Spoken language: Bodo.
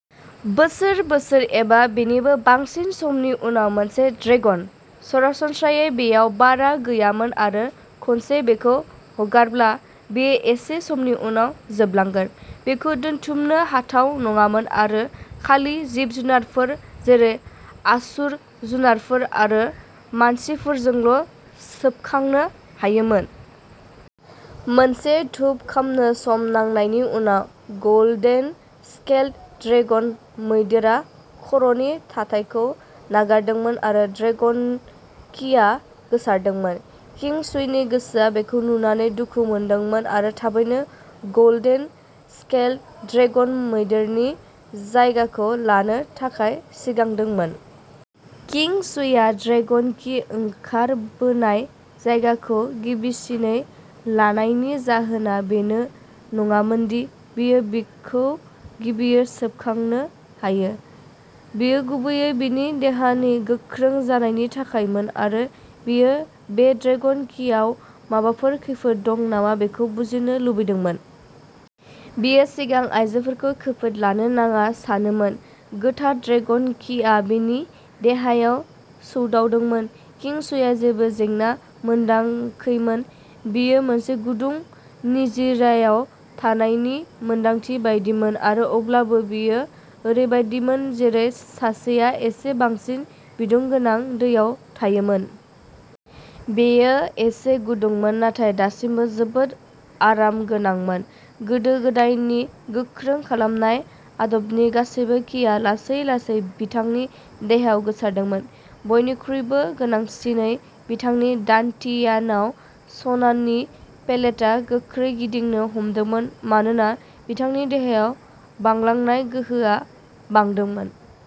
, बोसोर, बोसोर, एबा बेनिबो बांसिन समनि उनाव मोनसे ड्रेगन। सरासनस्रायै बेयाव बारा गैयामोन आरो खनसे बेखौ हगारब्ला, बेयो एसे समनि उनाव जोबलांगोन। बेखौ दोनथुमनो हाथाव नङामोन आरो खालि जिब-जुनारफोर जेरै आसुर जुनारफोर आरो मानसिफोरजोंल'सोबखांनो हायोमोन। मोनसे धूप खामनो सम नांनायनि उनाव, गल्डेन स्केल्ड ड्रेगन मैदेरआ खर'नि थाथायखौ नागारदोंमोन आरो ड्रेगन किआ गोसारदोंमोन। किं शुईनि गोसोआ बेखौ नुनानै दुखु मोनदोंमोन आरो थाबैनो गल्डेन स्केल्ड ड्रेगन मैदेरनि जायगाखौ लानो थाखाय सिगांदोंमोन। किं शुईआ ड्रेगन कि ओंखारबोनाय जायगाखौ गिबिसिनै लानायनि जाहोना बेनो नङामोन दि बियो बेखौ गिबियै सोबखांनो हायो। बेयो गुबैयै बिनि देहानि गोख्रों जानायनि थाखायमोन आरो बियो बे ड्रेगन किआव माबाफोर खैफोद दं नामा बेखौ बुजिनो लुबैदोंमोन। बियो सिगां आयजोफोरखौ खैफोद लानो नाङा सानोमोन। गोथार ड्रेगन किआ बिनि देहायाव सौदावदोंमोन। किं शुईआ जेबो जेंना मोनदांाखैमोन। बेयो मोनसे गुदुं निजिरायाव थानायनि मोनदांथि बायदिमोन आरो अब्लाबो बेयो ओरैबायदिमोन जेरै सासेआ एसे बांसिन बिदुं गोनां दैयाव थायोमोन। बेयो एसे गुदुंमोन नाथाय दासिमबो जोबोद आरामगोनांमोन। गोदो गोदायनि गोख्रों खालामनाय आदबनि गासैबो किआ लासै-लासै बिथांनि देहायाव गोसारदोंमोन। बयनिख्रुइबो गोनांसिनै, बिथांनि दान्टियानआव सनानि पेलेटआ गोख्रै गिदिंनो हमदोंमोन मानोना बिथांनि देहायाव बांलांनाय गोहोआ बांदोंमोन।